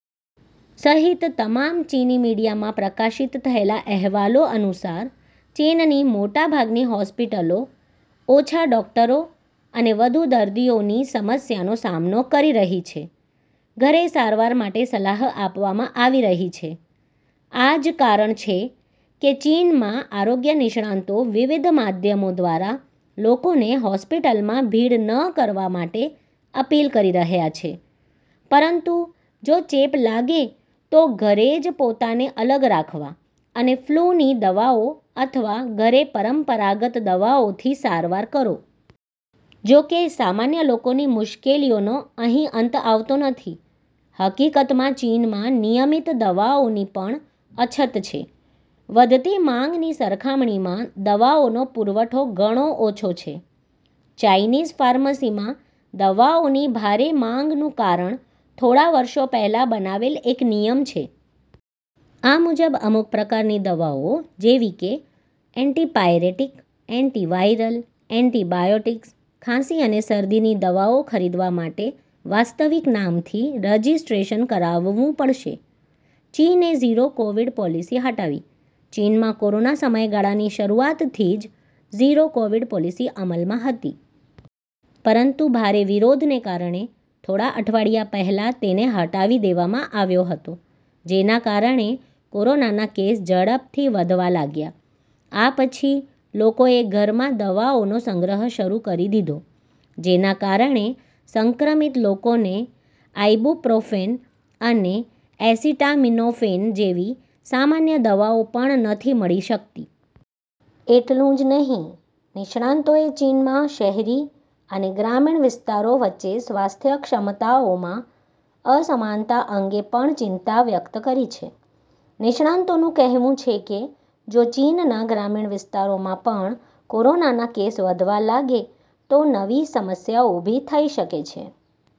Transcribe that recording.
સહિત તમામ ચીની મીડિયામાં પ્રકાશિત થયેલા અહેવાલો અનુસાર, ચીનની મોટાભાગની હોસ્પિટલો ઓછા ડોકટરો અને વધુ દર્દીઓની સમસ્યાનો સામનો કરી રહી છે. ઘરે સારવાર માટે સલાહ આપવામાં આવી રહી છે: આ જ કારણ છે કે ચીનમાં આરોગ્ય નિષ્ણાતો વિવિધ માધ્યમો દ્વારા લોકોને હોસ્પિટલમાં ભીડ ન કરવા માટે અપીલ કરી રહ્યા છે, પરંતુ જો ચેપ લાગે તો ઘરે જ પોતાને અલગ રાખવા અને ફ્લૂની દવાઓ અથવા ઘરે પરંપરાગત દવાઓથી સારવાર કરો. જો કે સામાન્ય લોકોની મુશ્કેલીઓનો અહીં અંત આવતો નથી. હકીકતમાં ચીનમાં નિયમિત દવાઓની પણ અછત છે. વધતી માંગની સરખામણીમાં દવાઓનો પુરવઠો ઘણો ઓછો છે. ચાઈનીઝ ફાર્મસીમાં દવાઓની ભારે માંગનું કારણ થોડા વર્ષો પહેલા બનાવેલ એક નિયમ છે. આ મુજબ અમુક પ્રકારની દવાઓ જેવી કે એન્ટિપાયરેટિક, એન્ટિવાયરલ, એન્ટિબાયોટિક્સ, ખાંસી અને શરદીની દવાઓ ખરીદવા માટે વાસ્તવિક નામથી રજિસ્ટ્રેશન કરાવવું પડશે. ચીને ઝીરો કોવિડ પોલિસી હટાવી: ચીનમાં કોરોના સમયગાળાની શરૂઆતથી જ ઝીરો કોવિડ પોલિસી અમલમાં હતી. પરંતુ ભારે વિરોધને કારણે થોડા અઠવાડિયા પહેલા તેને હટાવી દેવામાં આવ્યો હતો. જેના કારણે કોરોનાના કેસ ઝડપથી વધવા લાગ્યા. આ પછી લોકોએ ઘરમાં દવાઓનો સંગ્રહ શરૂ કરી દીધો, જેના કારણે સંક્રમિત લોકોને આઇબુપ્રોફેન અને એસિટામિનોફેન જેવી સામાન્ય દવાઓ પણ નથી મળી શકતી. એટલું જ નહીં, નિષ્ણાતોએ ચીનમાં શહેરી અને ગ્રામીણ વિસ્તારો વચ્ચે સ્વાસ્થ્ય ક્ષમતાઓમાં અસમાનતા અંગે પણ ચિંતા વ્યક્ત કરી છે. નિષ્ણાતોનું કહેવું છે કે જો ચીનના ગ્રામીણ વિસ્તારોમાં પણ કોરોનાના કેસ વધવા લાગે તો નવી સમસ્યા ઊભી થઈ શકે છે.,..